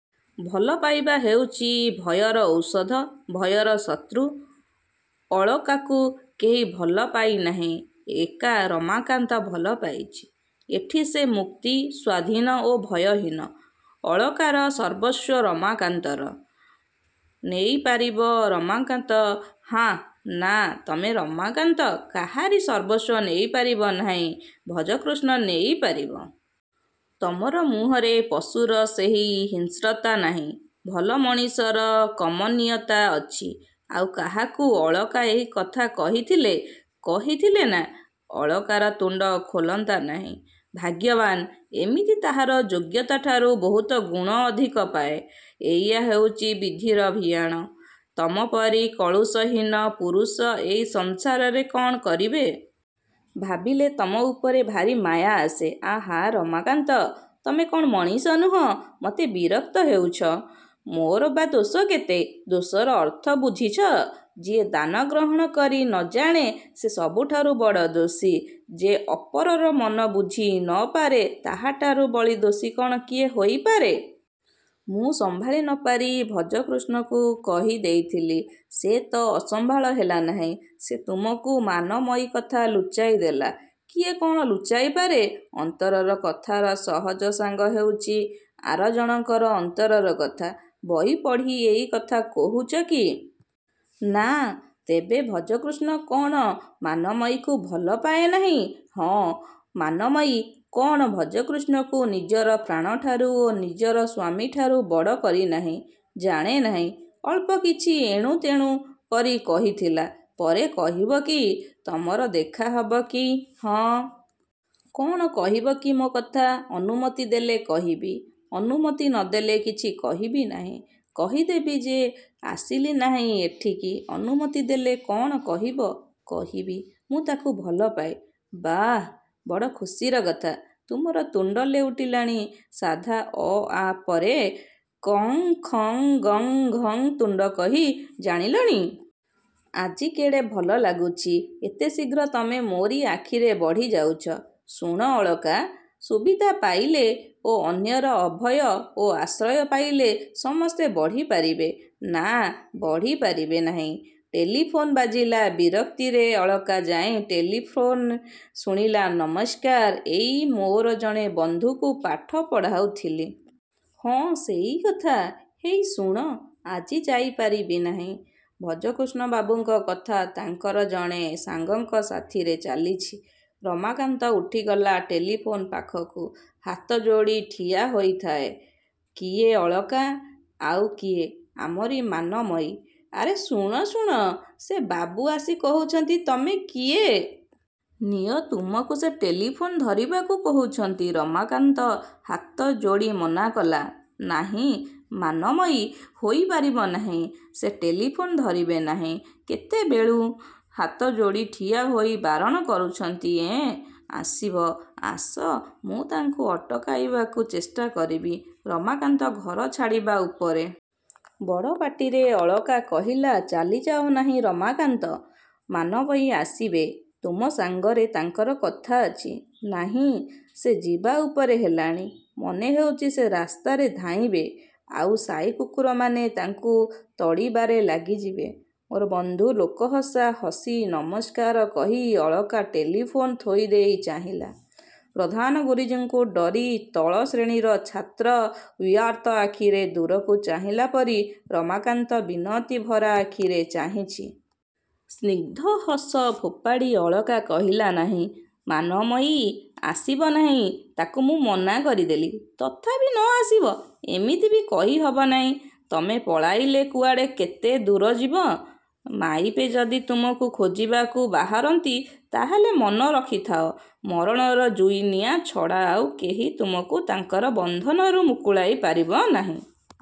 ଭଲ ପାଇବା ହେଉଛି ଭୟର ଔଷଧ-ଭୟର ଶତ୍ରୁ। ଅଳକାକୁ କେହି ଭଲ ପାଇନାହିଁ-ଏକା ରମାକାନ୍ତ ଭଲ ପାଇଛି। ଏଠି ସେ ମୁକ୍ତି, ସ୍ୱାଧୀନ ଓ ଭୟହୀନ। ଅଳକାର ସର୍ବସ୍ୱ ରମାକାନ୍ତର। ନେଇପାରିବ ରମାକାନ୍ତ? -ହଁ। -ନା, ତମେ ରମାକାନ୍ତ କାହାରି ସର୍ବସ୍ୱ ନେଇପାରିବ ନାହିଁ। ଭଜକୃଷ୍ଣ ନେଇ ପାରିବ। ତମର ମୁହଁରେ ପଶୁର ସେହି ହିଂସ୍ରତା ନାହିଁ। ଭଲ ମଣିଷର କମନୀୟତା ଅଛି ଆଉ କାହାକୁ ଅଳକା ଏହି କଥା କହିଥିଲେ-କହିଥିଲେ ନା, ଅଳକାର ତୁଣ୍ଡ ଖୋଲନ୍ତା ନାହିଁ। ଭାଗ୍ୟବାନ୍ ଏମିତି ତାହାର ଯୋଗ୍ୟତାଠାରୁ ବହୁତଗୁଣ ଅଧିକ ପାଏ। ଏଇଆ ହେଉଛି ବିଧିର ଭିଆଣ। ତମପରି କଳୁଷ-ହୀନ ପୁରୁଷ ଏଇ ସଂସାରରେ କ'ଣ କରିବେ? -ଭାବିଲେ ତମ ଉପରେ ଭାରି ମାୟା ଆସେ-ଆହା-ରମାକାନ୍ତ, ତୁମେ କ'ଣ ମଣିଷ ନୁହଁ? -ମତେ ବିରକ୍ତ ହେଉଛ। ମୋର ବା ଦୋଷ କେତେ? -ଦୋଷର ଅର୍ଥ ବୁଝିଛ। ଯିଏ ଦାନ ଗ୍ରହଣ କରି ନ ଜାଣେ ସେ ସବୁଠାରୁ ବଡ଼ ଦୋଷୀ-। ଯେ ଅପରର ମନ ବୁଝି ନ ପାରେ ତାହାଠାରୁ ବଳି ଦୋଷୀ କ'ଣ କିଏ ହେଇପାରେ-? -ମୁଁ ସମ୍ଭାଳି ନ ପାରି ଭଜକୃଷ୍ଣକୁ କହି ଦେଇଥିଲି। -ସେ ତ ଅସମ୍ଭାଳ ହେଲା ନାହିଁ। ସେ ତୁମକୁ ମାନମୟୀ କଥା ଲୁଚାଇ ଦେଲା। -କିଏ କ'ଣ ଲୁଚାଇପାରେ? ଅନ୍ତରର କଥାର ସହଜ ସାଙ୍ଗ ହେଉଛି ଆର ଜଣକର ଅନ୍ତରର କଥା। -ବହି ପଢ଼ି ଏଇ କଥା କହୁଛ କି? -ନା। -ତେବେ ଭଜକୃଷ୍ଣ କ'ଣ ମାନମୟୀକୁ ଭଲପାଏ ନାହିଁ? -ହଁ। -ମାନମୟୀ କ'ଣ ଭଜକୃଷ୍ଣକୁ ନିଜର ପ୍ରାଣଠାରୁ ଓ ନିଜର ସ୍ୱାମୀଠାରୁ ବଡ଼ କରିନାହିଁ? -ଜାଣେ ନାହିଁ। ଅଳ୍ପ କିଛି ଏଣୁତେଣୁ କରି କହିଥିଲା। -ପରେ କହିବ କି? ତମର ଦେଖା ହବ କି? -ହଁ। -କ'ଣ କହିବ କି ମୋ' କଥା? -ଅନୁମତି ଦେଲେ କହିବି। -ଅନୁମତି ନ ଦେଲେ- -କିଛି କହିବି ନାହିଁ। କହିଦେବି ଯେ ଆସିଲି ନାହିଁ ଏଠିକି। -ଅନୁମତି ଦେଲେ କ'ଣ କହିବ? -କହିବି ମୁଁ ତାଙ୍କୁ ଭଲ ପାଏ। -ବାଃ, ବଡ଼ ଖୁସିର କଥା। ତୁମର ତୁଣ୍ଡ ଲେଉଟିଲାଣି-ସାଧା ଅ-ଆ ପରେ ଙ୍କ-ଙ୍ଖ-ଙ୍ଗ-ଙ୍ଘ ତୁଣ୍ଡ କହି ଜାଣିଲଣି। ଆଜି କେଡ଼େ ଭଲ ଲାଗୁଛି-ଏତେ ଶୀଘ୍ର ତମେ ମୋରି ଆଖିରେ ବଢ଼ିଯାଉଛ। -ଶୁଣ, ଅଳକା, ସୁବିଧା ପାଇଲେ ଓ ଅନ୍ୟର ଅଭୟ ଓ ଆଶ୍ରୟ ପାଇଲେ ସମସ୍ତେ ବଢ଼ି ପାରିବେ। -ନା, ବଢ଼ି ପାରିବେ ନାହିଁ। ଟେଲିଫୋନ୍ ବାଜିଲା- ବିରକ୍ତିରେ ଅଳକା ଯାଇ ଟେଲିଫୋନ୍ରେ ଶୁଣିଲା-ନମସ୍କାର-ଏଇ ମୋର ଜଣେ ବନ୍ଧୁଙ୍କୁ ପାଠ ପଢ଼ାଉଥିଲି। -ହଁ ସେଇକଥା। ହେଇ ଶୁଣ, ଆଜି ଯାଇ ପାରିବି ନାହିଁ। ଭଜକୃଷ୍ଣବାବୁଙ୍କ କଥା ତାଙ୍କର ଜଣେ ସାଙ୍ଗଙ୍କ ସାଥିରେ ଚାଲିଛି ରମାକାନ୍ତ ଉଠିଗଲା ଟେଲିଫୋନ୍ ପାଖକୁ। ହାତଯୋଡ଼ି ଠିଆ ହୋଇଥାଏ। କିଏ ଅଳକା? -ଆଉ କିଏ? ଆମରି ମାନମୟୀ। -ଆରେ ଶୁଣ-ଶୁଣ। ସେ ବାବୁ ଆସି କହୁଛନ୍ତି-ତମେ କିଏ? -ନିଅ, ତୁମକୁ ସେ ଟେଲିଫୋନ୍ ଧରିବାକୁ କହୁଛନ୍ତି। -ରମାକାନ୍ତ ହାତଯୋଡ଼ି ମନା କଲା। ନାହିଁ, ମାନମୟୀ-ହୋଇ ପାରିବ ନାହିଁ। ସେ ଟେଲିଫୋନ୍ ଧରିବେ ନାହିଁ। କେତେବେଳୁ ହାତଯୋଡ଼ି ଠିଆ ହୋଇ ବାରଣ କରୁଛନ୍ତି ଏଁ, ଆସିବ? -ଆସ। -ମୁଁ ତାଙ୍କୁ ଅଟକାଇବାକୁ ଚେଷ୍ଟା କରିବି। ରମାକାନ୍ତ ଘର ଛାଡ଼ିବା ଉପରେ। ବଡ଼ ପାଟିରେ ଅଳକା କହିଲା-ଚାଲିଯାଅ ନାହିଁ ରମାକାନ୍ତ। ମାନମୟୀ ଆସିବେ। ତୁମ। ସାଙ୍ଗରେ ତାଙ୍କର କଥା ଅଛି। -ନାହିଁ, ସେ ଯିବା ଉପରେ ହେଲାଣି। ମନେ ହେଉଛି ସେ ରାସ୍ତାରେ ଧାଇଁବେ। ଆଉ ସାଇ କୁକୁରମାନେ ତାଙ୍କୁ ତଡ଼ିବାରେ ଲାଗିଯିବେ। ମୋର ବନ୍ଧୁ ଲୋକହସା ହସି ନମସ୍କାର କହି ଅଳକା ଟେଲିଫୋନ୍ ଥୋଇଦେଇ ଚାହିଁଲା-ପ୍ରଧାନ ଗୁରୁଜୀଙ୍କୁ ଡରି ତଳ ଶ୍ରେଣୀର ଛାତ୍ର ଭୟାର୍ତ୍ତ ଆଖିରେ ଦୂରକୁ ଚାହିଁଲା ପରି-ରମାକାନ୍ତ ମିନତିଭରା ଆଖିରେ ଚାହିଁଛି। ସ୍ନିଗ୍ଧ ହସ ଫୋପାଡ଼ି ଅଳକା କହିଲା-ନାହିଁ। ମାନମୟୀ ଆସିବ ନାହିଁ। ତା'କୁ ମୁଁ ମନା କରିଦେଲି। ତଥାପି ନ ଆସିବ, ଏମିତି ବି କହି ହବ ନାହିଁ? ତମେ ପଳାଇଲେ କୁଆଡ଼େ କେତେ ଦୂର ଯିବ? ମାଇପେ ଯଦି ତୁମକୁ ଖୋଜିବାକୁ ବାହାରନ୍ତି ତାହାହେଲେ ମନ ରଖିଥାଅ-ମରଣର ଜୁଇ ନିଆଁ ଛଡ଼ା ଆଉ କେହି ତୁମକୁ ତାଙ୍କର ବନ୍ଧନରୁ ମୁକୁଳାଇ ପାରିବ ନାହିଁ-।